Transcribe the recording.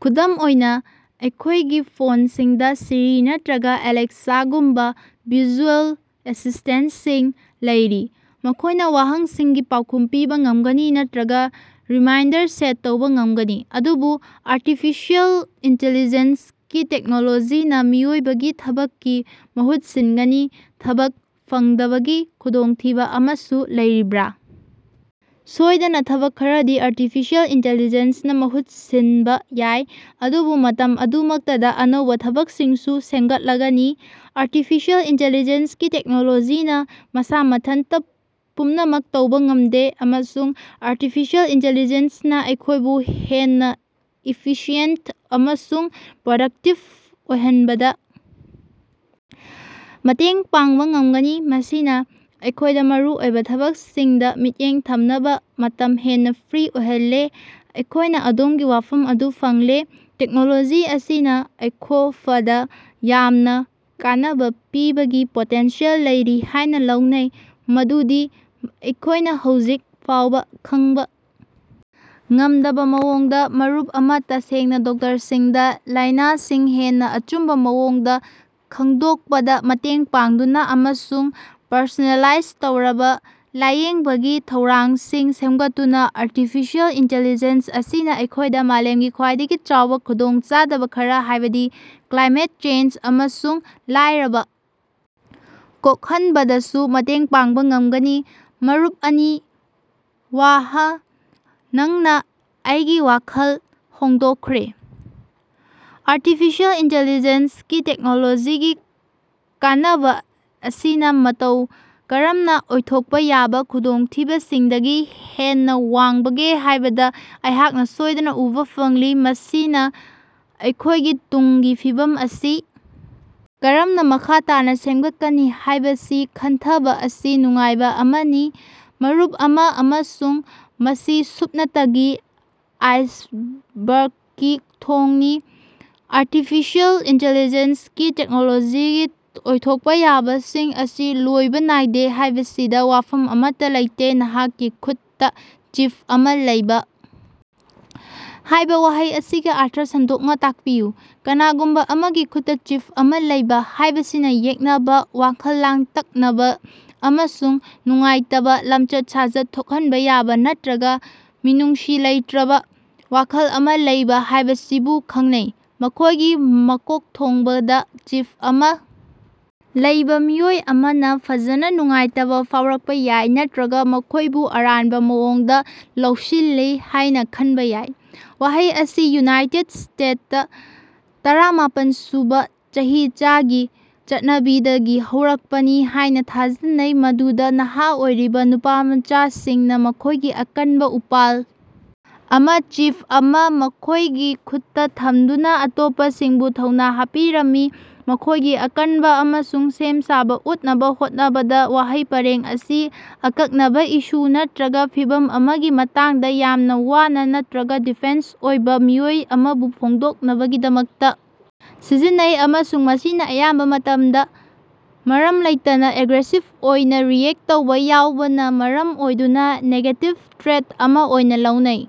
ꯈꯨꯗꯝ ꯑꯣꯏꯅ, ꯑꯩꯈꯣꯏꯒꯤ ꯐꯣꯟꯁꯤꯡꯗ ꯁꯤꯔꯤ ꯅꯠꯇ꯭ꯔꯒ ꯑꯦꯂꯦꯛꯁꯥꯒꯨꯝꯕ ꯚꯔꯆꯨꯑꯦꯜ ꯑꯦꯁꯤꯁ꯭ꯇꯦꯟꯇꯁꯤꯡ ꯂꯩꯔꯤ, ꯃꯈꯣꯢꯅ ꯋꯥꯍꯪꯁꯤꯡꯒꯤ ꯄꯥꯎꯈꯨꯝ ꯄꯤꯕ ꯉꯝꯒꯅꯤ ꯅꯠꯇ꯭ꯔꯒ ꯔꯤꯃꯥꯏꯟꯗꯔ ꯁꯦꯠ ꯇꯧꯕ ꯉꯝꯒꯅꯤ ꯫ ꯑꯗꯨꯕꯨ ꯑꯥꯔꯇꯤꯐꯤꯁꯤꯑꯦꯜ ꯏꯟꯇꯦꯂꯤꯖꯦꯟꯁꯒꯤ ꯇꯦꯛꯅꯣꯂꯣꯖꯤꯅ ꯃꯤꯑꯣꯏꯕꯒꯤ ꯊꯕꯛꯀꯤ ꯃꯍꯨꯠ ꯁꯤꯟꯒꯅꯤ, ꯊꯕꯛ ꯐꯪꯗꯕꯒꯤ ꯈꯨꯗꯣꯡꯊꯤꯕ ꯑꯃꯁꯨ ꯂꯩꯔꯤꯕꯔꯥ? ꯁꯣꯏꯗꯅ ꯊꯕꯛ ꯈꯔꯗꯤ ꯑꯥꯔꯇꯤꯐꯤꯁꯤꯑꯦꯜ ꯏꯟꯇꯦꯂꯤꯖꯦꯟꯁꯅ ꯃꯍꯨꯠ ꯁꯤꯟꯕ ꯌꯥꯏ, ꯑꯗꯨꯕꯨ ꯃꯇꯝ ꯑꯗꯨꯃꯛꯇꯗ ꯑꯅꯧꯕ ꯊꯕꯛꯁꯤꯡꯁꯨ ꯁꯦꯝꯒꯠꯂꯒꯅꯤ꯫ ꯑꯥꯔꯇꯤꯐꯤꯁꯤꯑꯦꯜ ꯏꯟꯇꯦꯂꯤꯖꯦꯟꯁ ꯒꯤ ꯇꯦꯛꯅꯣꯂꯣꯖꯤꯅ ꯃꯁꯥ ꯃꯊꯟꯇ ꯄꯨꯝꯅꯃꯛ ꯇꯧꯕ ꯉꯝꯗꯦ ꯑꯃꯁꯨꯡ ꯑꯥꯔꯇꯤꯐꯤꯁꯤꯑꯦꯜ ꯏꯟꯇꯦꯂꯤꯖꯦꯟꯁ ꯅ ꯑꯩꯈꯣꯏꯕꯨ ꯍꯦꯟꯅ ꯏꯐꯤꯁꯤꯌꯦꯟꯇ ꯑꯃꯁꯨꯡ ꯄ꯭ꯔꯗꯛꯇꯤꯚ ꯑꯣꯏꯍꯟꯕꯗ ꯃꯇꯦꯡ ꯄꯥꯡꯕ ꯉꯝꯒꯅꯤ, ꯃꯁꯤꯅ ꯑꯩꯈꯣꯏꯗ ꯃꯔꯨꯑꯣꯏꯕ ꯊꯕꯛꯁꯤꯡꯗ ꯃꯤꯠꯌꯦꯡ ꯊꯝꯅꯕ ꯃꯇꯝ ꯍꯦꯟꯅ ꯐ꯭ꯔꯤ ꯑꯣꯏꯍꯜꯂꯤ꯫ ꯑꯩꯍꯥꯛꯅ ꯑꯗꯣꯝꯒꯤ ꯋꯥꯐꯝ ꯑꯗꯨ ꯐꯪꯂꯦ꯫ ꯇꯦꯛꯅꯣꯂꯣꯖꯤ ꯑꯁꯤꯅ ꯑꯩꯈꯣꯐꯗ ꯌꯥꯝꯅ ꯀꯥꯟꯅꯕ ꯄꯤꯕꯒꯤ ꯄꯣꯇꯦꯟꯁꯤꯌꯦꯜ ꯂꯩꯔꯤ ꯍꯥꯏꯅ ꯂꯧꯅꯩ ꯃꯗꯨꯗꯤ ꯑꯩꯈꯣꯏꯅ ꯍꯧꯖꯤꯛ ꯐꯥꯎꯕ ꯈꯪꯕ ꯉꯝꯗꯕ ꯃꯑꯣꯡꯗ꯫ ꯃꯔꯨꯞ ꯑꯃ ꯇꯁꯦꯡꯅ ꯗꯣꯛꯇꯔꯁꯤꯡꯗ ꯂꯥꯏꯅꯥꯁꯤꯡ ꯍꯦꯟꯅ ꯑꯆꯨꯝꯕ ꯃꯑꯣꯡꯗ ꯈꯪꯗꯣꯛꯄꯗ ꯃꯇꯦꯡ ꯄꯥꯡꯗꯨꯅ ꯑꯃꯁꯨꯡ ꯄꯔꯁꯣꯅꯦꯂꯥꯏꯖ ꯇꯧꯔꯕ ꯂꯥꯌꯦꯡꯕꯒꯤ ꯊꯧꯔꯥꯡꯁꯤꯡ ꯁꯦꯝꯒꯠꯇꯨꯅ ꯑꯥꯔꯇꯤꯐꯤꯁꯤꯑꯦꯜ ꯏꯟꯇꯦꯂꯤꯖꯦꯟꯁ ꯑꯁꯤꯅ ꯑꯩꯈꯣꯏꯗ ꯃꯥꯂꯦꯝꯒꯤ ꯈ꯭ꯋꯥꯏꯗꯒꯤ ꯆꯥꯎꯕ ꯈꯨꯗꯣꯡꯆꯥꯗꯕ ꯈꯔ ꯍꯥꯏꯕꯗꯤ ꯀ꯭ꯂꯥꯏꯃꯦꯠ ꯆꯦꯟꯖ ꯑꯃꯁꯨꯡ ꯂꯥꯏꯔꯕ ꯀꯣꯛꯍꯟꯕꯗꯁꯨ ꯃꯇꯦꯡ ꯄꯥꯡꯕ ꯉꯝꯒꯅꯤ꯫ ꯃꯔꯨꯞ ꯑꯅꯤ ꯋꯥꯍꯪ, ꯅꯪꯅ ꯑꯩꯒꯤ ꯋꯥꯈꯜ ꯍꯣꯡꯗꯣꯛꯈ꯭ꯔꯦ꯫ ꯑꯥꯔꯇꯤꯐꯤꯁꯤꯑꯦꯜ ꯏꯟꯇꯦꯂꯤꯖꯦꯟꯁꯒꯤ ꯇꯦꯛꯅꯣꯂꯣꯖꯤꯒꯤ ꯀꯥꯟꯅꯕ ꯑꯁꯤꯅ ꯃꯇꯧ ꯀꯔꯝꯅ ꯑꯣꯏꯊꯣꯛꯄ ꯌꯥꯕ ꯈꯨꯗꯣꯡꯊꯤꯕꯁꯤꯡꯗꯒꯤ ꯍꯦꯟꯅ ꯋꯥꯡꯕꯒꯦ ꯍꯥꯏꯕꯗ ꯑꯩꯍꯥꯛꯅ ꯁꯣꯏꯗꯅ ꯎꯕ ꯐꯪꯂꯤ꯫ ꯃꯁꯤꯅ ꯑꯩꯈꯣꯏꯒꯤ ꯇꯨꯡꯒꯤ ꯐꯤꯕꯝ ꯑꯁꯤ ꯀꯔꯝꯅ ꯃꯈꯥ ꯇꯥꯅ ꯁꯦꯝꯒꯠꯀꯅꯤ ꯍꯥꯏꯕꯁꯤ ꯈꯟꯊꯕ ꯑꯁꯤ ꯅꯨꯡꯉꯥꯏꯕ ꯑꯃꯅꯤ꯫ ꯃꯔꯨꯞ ꯑꯃ ꯑꯃꯁꯨꯡ ꯃꯁꯤ ꯁꯨꯞꯅꯇꯒꯤ ꯑꯥꯏꯁꯕꯦꯔꯒꯀꯤ ꯊꯣꯡꯅꯤ꯫ ꯑꯥꯔꯇꯤꯐꯤꯁꯤꯑꯦꯜ ꯏꯟꯇꯦꯂꯤꯖꯦꯟꯁꯒꯤ ꯇꯦꯛꯅꯣꯂꯣꯖꯤꯒꯤ ꯑꯣꯏꯊꯣꯛꯄ ꯌꯥꯕꯁꯤꯡ ꯑꯁꯤ ꯂꯣꯏꯕ ꯅꯥꯏꯗꯦ ꯍꯥꯏꯕꯁꯤꯗ ꯋꯥꯐꯝ ꯑꯃꯠꯇ ꯂꯩꯇꯦ꯫ ꯅꯍꯥꯛꯀꯤ ꯈꯨꯠꯇ ꯆꯤꯞ ꯑꯃ ꯂꯩꯕ" ꯍꯥꯏꯕ ꯋꯥꯍꯩ ꯑꯁꯤꯒꯤ ꯑꯔꯊ ꯁꯟꯗꯣꯛꯅ ꯇꯥꯛꯄꯤꯌꯨ꯫ "ꯀꯅꯥꯒꯨꯝꯕ ꯑꯃꯒꯤ ꯈꯨꯠꯇ ꯆꯤꯞ ꯑꯃ ꯂꯩꯕ" ꯍꯥꯏꯕꯁꯤꯅ ꯌꯦꯛꯅꯕ, ꯋꯥꯈꯜ ꯂꯥꯡꯇꯛꯅꯕ ꯑꯃꯁꯨꯡ ꯅꯨꯡꯉꯥꯏꯇꯕ ꯂꯝꯆꯠ-ꯁꯥꯖꯠ ꯊꯣꯛꯍꯟꯕ ꯌꯥꯕ ꯅꯠꯇ꯭ꯔꯒ ꯃꯤꯅꯨꯡꯁꯤ ꯂꯩꯇ꯭ꯔꯕ ꯋꯥꯈꯜ ꯑꯃ ꯂꯩꯕ ꯍꯥꯏꯕꯁꯤꯕꯨ ꯈꯪꯅꯩ꯫ ꯃꯈꯣꯏꯒꯤ ꯃꯀꯣꯛꯊꯣꯡꯕꯗ ꯆꯤꯞ ꯑꯃ ꯂꯩꯕ ꯃꯤꯑꯣꯏ ꯑꯃꯅ ꯐꯖꯅ ꯅꯨꯡꯉꯥꯏꯇꯕ ꯐꯥꯎꯔꯛꯄ ꯌꯥꯏ ꯅꯠꯇ꯭ꯔꯒ ꯃꯈꯣꯏꯕꯨ ꯑꯔꯥꯟꯕ ꯃꯑꯣꯡꯗ ꯂꯧꯁꯤꯜꯂꯤ ꯍꯥꯏꯅ ꯈꯟꯕ ꯌꯥꯏ꯫ ꯋꯥꯍꯩ ꯑꯁꯤ ꯌꯨꯅꯥꯏꯇꯦꯗ ꯁ꯭ꯇꯦꯠꯇ ꯇꯔꯥꯃꯥꯄꯟ ꯁꯨꯕ ꯆꯍꯤꯆꯥꯒꯤ ꯆꯠꯅꯕꯤꯗꯒꯤ ꯍꯧꯔꯛꯄꯅꯤ ꯍꯥꯏꯅ ꯊꯥꯖꯅꯩ, ꯃꯗꯨꯗ ꯅꯍꯥ ꯑꯣꯏꯔꯤꯕ ꯅꯨꯄꯥꯃꯆꯥꯁꯤꯡꯅ ꯃꯈꯣꯏꯒꯤ ꯑꯀꯟꯕ ꯎꯄꯥꯜ ꯑꯃ (ꯆꯤꯞ ꯑꯃ) ꯃꯈꯣꯏꯒꯤ ꯈꯨꯠꯇ ꯊꯝꯗꯨꯅ ꯑꯇꯣꯞꯄꯁꯤꯡꯕꯨ ꯊꯧꯅ ꯍꯥꯞꯄꯤꯔꯝꯃꯤ, ꯃꯈꯣꯏꯒꯤ ꯑꯀꯟꯕ ꯑꯃꯁꯨꯡ ꯁꯦꯝ ꯁꯥꯕ ꯎꯠꯅꯕ ꯍꯣꯠꯅꯕꯗ꯫ ꯋꯥꯍꯩ ꯄꯔꯦꯡ ꯑꯁꯤ ꯑꯀꯛꯅꯕ ꯏꯁꯨ ꯅꯠꯇ꯭ꯔꯒ ꯐꯤꯚꯝ ꯑꯃꯒꯤ ꯃꯇꯥꯡꯗ ꯌꯥꯝꯅ ꯋꯥꯅ ꯅꯠꯇ꯭ꯔꯒ ꯗꯤꯐꯦꯟꯁ ꯑꯣꯏꯕ ꯃꯤꯑꯣꯏ ꯑꯃꯕꯨ ꯐꯣꯡꯗꯣꯛꯅꯕꯒꯤꯗꯃꯛꯇ ꯁꯤꯖꯤꯟꯅꯩ ꯑꯃꯁꯨꯡ ꯃꯁꯤꯅ ꯑꯌꯥꯝꯕ ꯃꯇꯝꯗ ꯃꯔꯝ ꯂꯩꯇꯅ ꯑꯦꯒ꯭ꯔꯦꯁꯤꯚ ꯑꯣꯏꯅ ꯔꯤꯑꯦꯛꯇ ꯇꯧꯕ ꯌꯥꯎꯕꯅ ꯃꯔꯝ ꯑꯣꯏꯗꯨꯅ ꯅꯦꯒꯦꯇꯤꯚ ꯇ꯭ꯔꯦꯠ ꯑꯃ ꯑꯣꯏꯅ ꯂꯧꯅꯩ꯫